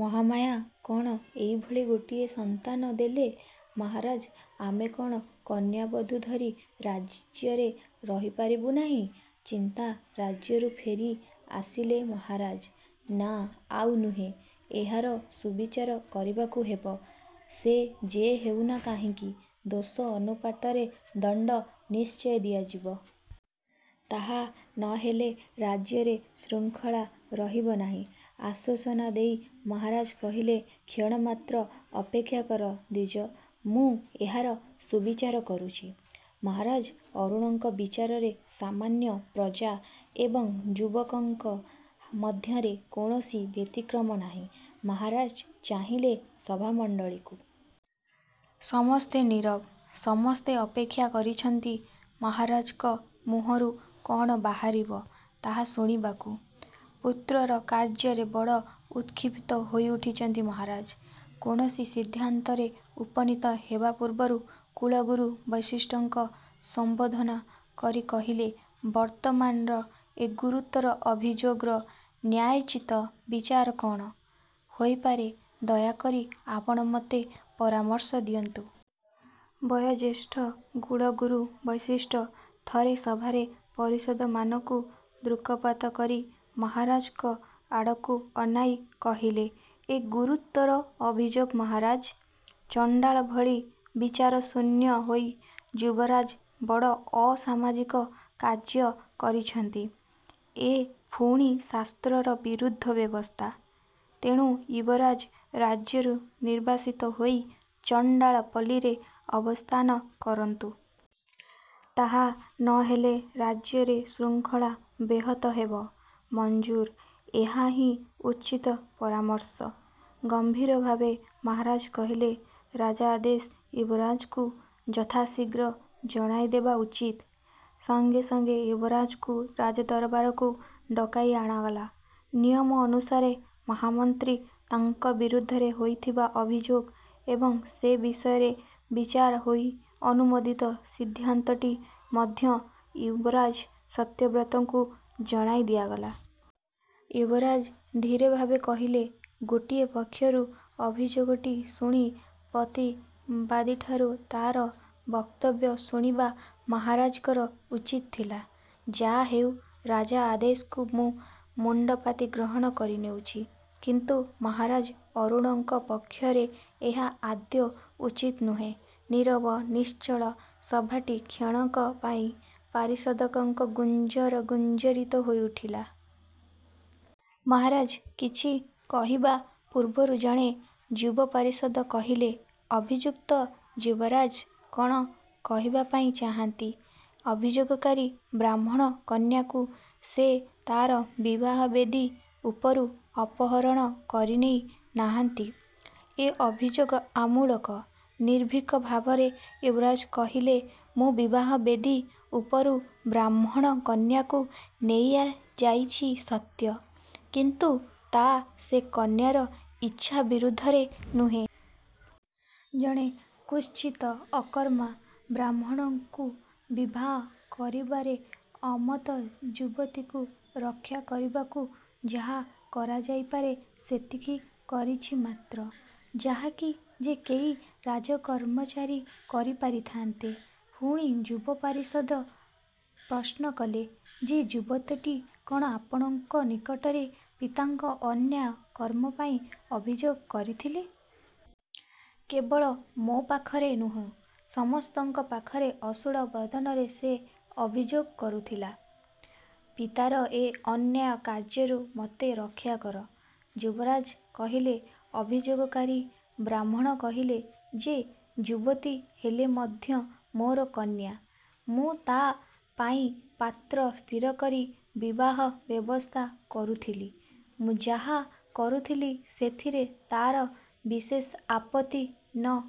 ମହାମାୟା କ'ଣ ଏହିଭଳି ଗୋଟିଏ ସନ୍ତାନ ଦେଲେ? ମହାରାଜ ଆମେ କ'ଣ କନ୍ୟାବଧୂ ଧରି ରାଜ୍ୟରେ ରହିପାରିବୁ ନାହିଁ? ଚିନ୍ତାରାଜ୍ୟରୁ ଫେରି ଆସିଲେ ମହାରାଜ। ନା, ଆଉ ନୁହେଁ। ଏହାର ସୁବିଚାର କରିବାକୁ ହେବ। ସେ ଯେ ହେଉନା କାହିଁକି ଦୋଷ ଅନୁପାତରେ ଦଣ୍ଡ ନିଶ୍ଚୟ ଦିଆଯିବ। ତାହା ନ ହେଲେ ରାଜ୍ୟରେ ଶୃଙ୍ଖଳା ରହିବ ନାହିଁ। ଆଶ୍ୱାସନା ଦେଇ ମହାରାଜା କହିଲେ, କ୍ଷଣମାତ୍ର ଅପେକ୍ଷା କର ଦ୍ୱିଜ। ମୁଁ ଏହାର ସୁବିଚାର କରୁଛି। ମହାରାଜ ଅରୁଣଙ୍କ ବିଚାରରରେ ସାମାନ୍ୟ ପ୍ରଜା ଏବଂ ଯୁବରାଜଙ୍କ ମଧ୍ୟରେ କୌଣସି ବ୍ୟତିକ୍ରମ ନାହିଁ। ମହାରାଜ ଚାହିଁଲେ ସଭାମଣ୍ଡଳୀଙ୍କୁ। ସମସ୍ତେ ନୀରବ। ସମସ୍ତେ ଅପେକ୍ଷା କରିଛନ୍ତି ମହାରାଜାଙ୍କ ମୁହଁରୁ କ'ଣ ବାହାରିବ ତାହା ଶୁଣିବାକୁ। ପୁତ୍ରର କାର୍ଯ୍ୟରେ ବଡ଼ ଉତ୍କ୍ଷିପ୍ତ ହୋଇଉଠିଛନ୍ତି ମହାରାଜ। କୌଣସି ସିଦ୍ଧାନ୍ତରେ ଉପନୀତ ହେବା ପୂର୍ବରୁ କୁଳଗୁରୁ ବଶିଷ୍ଠଙ୍କ ସମ୍ୱୋଧନ କରି କହିଲେ ବର୍ତ୍ତମାନର ଏ ଗୁରୁତର ଅଭିଯୋଗର ନ୍ୟାୟୋଚିତ ବିଚାର କ'ଣ ହୋଇପାରେ ଦୟାକରି ଆପଣ ମୋତେ ପରାମର୍ଶ ଦିଅନ୍ତୁ। ବୟୋଜ୍ୟେଷ୍ଠ କୁଳଗୁରୁ ବଶିଷ୍ଠ ଥରେ ସଭାର ପରିଷଦମାନଙ୍କୁ ଦୃକ୍ପାତ କରି ମହାରାଜଙ୍କ ଆଡ଼କୁ ଅନାଇଁ କହିଲେ, ଏ ଗୁରୁତର ଅଭିଯୋଗ ମହାରାଜ! ଚଣ୍ଡାଳଭଳି ବିଚାରଶୂନ୍ୟ ହୋଇ ଯୁବରାଜ ବଡ଼ ଅସାମାଜିକ କାର୍ଯ୍ୟ କରିଛନ୍ତି। ଏ ପୁଣି ଶାସ୍ତ୍ରର ବିରୁଦ୍ଧ ବ୍ୟବସ୍ଥା; ତେଣୁ ଯୁବରାଜ ରାଜ୍ୟରୁ ନିର୍ବାସିତ ହୋଇ ଚଣ୍ଡାଳପଲ୍ଲୀରେ ଅବସ୍ଥାନ କରନ୍ତୁ। ତାହା ନ ହେଲେ ରାଜ୍ୟରେ ଶୃଙ୍ଖଳା ବ୍ୟାହତ ହେବ। ''ମଞ୍ଜୁର। ଏହାହିଁ ଉଚିତ ପରାମର୍ଶ। '' ଗମ୍ଭୀରଭାବେ ମହାରାଜ କହିଲେ। ରାଜାଦେଶ ଯୁବରାଜଙ୍କୁ ଯଥାଶୀଘ୍ର ଜଣାଇଦେବା ଉଚିତ୍। ସଙ୍ଗେ ସଙ୍ଗେ ଯୁବରାଜଙ୍କୁ ରାଜଦରବାରକୁ ଡକାଇ ଅଣାଗଲା। ନିୟମ ଅନୁସାରେ ମହାମନ୍ତ୍ରୀ ତାଙ୍କ ବିରୁଦ୍ଧରେ ହୋଇଥିବା ଅଭିଯୋଗ ଏବଂ ସେ ବିଷୟରେ ବିଚାର ହୋଇ ଅନୁମୋଦିତ ସିଦ୍ଧାନ୍ତଟି ମଧ୍ୟ ଯୁବରାଜ ସତ୍ୟବ୍ରତଙ୍କୁ ଜଣାଇ ଦିଆଗଲା। ଯୁବରାଜ ଧୀରଭାବେ କହିଲେ, ଗୋଟିଏ ପକ୍ଷରୁ ଅଭିଯୋଗଟି ଶୁଣି ପ୍ରତିବାଦୀଠାରୁ ତା'ର ବକ୍ତବ୍ୟ ଶୁଣିବା ମହାରାଜାଙ୍କର ଉଚିତ୍ ଥିଲା। ଯାହାହେଉ ରାଜାଦେଶକୁ ମୁଁ ମୁଣ୍ଡପାତି ଗ୍ରହଣ କରିନେଉଛି; କିନ୍ତୁ ମହାରାଜଅରୁଣଙ୍କ ପକ୍ଷରେ ଏହା ଆଦୌ ଉଚିତ୍ ନୁହେଁ। ନୀରବ ନିଶ୍ଚଳ ସଭାଟି କ୍ଷଣକ ପାଇଁ ପାରିଷଦଙ୍କ ଗୁଞ୍ଜରଣରେ ଗୁଞ୍ଜରିତ ହୋଇଉଠିଲା। ମହାରାଜ କିଛି କହିବା ପୂର୍ବରୁ ଜଣେ ଯୁବ-ପାରିଷଦ କହିଲେ, ଅଭିଯୁକ୍ତ ଯୁବରାଜ କ'ଣ କହିବା ପାଇଁ ଚାହାଁନ୍ତି, ଅଭିଯୋଗକାରୀ ବ୍ରାହ୍ମଣ କନ୍ୟାକୁ ସେ ତା'ର ବିବାହବେଦୀ ଉପରୁ ଅପହରଣ କରିନେଇ ନାହନ୍ତି? ଏ ଅଭିଯୋଗ ଆମୂଳକ? ନିର୍ଭୀକ ଭାବରେ ଯୁବରାଜ କହିଲେ, ମୁଁ ବିବାହବେଦୀ ଉପରୁ ବ୍ରାହ୍ମଣ କନ୍ୟାଙ୍କୁ ନେଇ ଯାଇଛି ସତ୍ୟ; କିନ୍ତୁ ତା ସେ କନ୍ୟାର ଇଚ୍ଛା ବିରୁଦ୍ଧରେ ନୁହେଁ। ଜଣେ କୁତ୍ସିତ ଅକର୍ମା ବ୍ରାହ୍ମଣକୁ ବିବାହ କରିବାରେ ଅମତ ଯୁବତୀକୁ ରକ୍ଷା କରିବାକୁ ଯାହା କରାଯାଇପାରେ ସେତିକି କରିଛି ମାତ୍ର; ଯାହାକି ଯେ କେହି ରାଜକର୍ମଚାରୀ କରିପାରିଥାଆନ୍ତେ। ପୁଣି ଯୁବ ପାରିଷଦ ପ୍ରଶ୍ନ କଲେ, ''ସେ ଯୁବତୀଟି କ'ଣ ଆପଣଙ୍କ ନିକଟରେ ପିତାଙ୍କ ଅନ୍ୟାୟ କର୍ମପାଇଁ ଅଭିଯୋଗ କରିଥିଲେ? '' କେବଳ ମୋ ପାଖରେ ନୁହେଁ ସମସ୍ତଙ୍କ ପାଖରେ ଅଶ୍ରୁଳ ବଦନରେ ସେ ଅଭିଯୋଗ କରୁଥିଲା, ପିତାର ଏ ଅନ୍ୟାୟ କାର୍ଯ୍ୟରୁ ମୋତେ ରକ୍ଷାକର। ଯୁବରାଜ କହିଲେ। ଅଭିଯୋଗକାରୀ ବ୍ରାହ୍ମଣ କହିଲେ, ସେ ଯୁବତୀ ହେଲେ ମଧ୍ୟ ମୋର କନ୍ୟା। ମୁଁ ତା'ପାଇଁ ପାତ୍ର ସ୍ଥିର କରି ବିବାହ ବ୍ୟବସ୍ଥା କରୁଥିଲି। ମୁଁ ଯାହା କରୁଥିଲି ସେଥିରେ ତା'ର ବିଶେଷ ଆପତ୍ତି ନ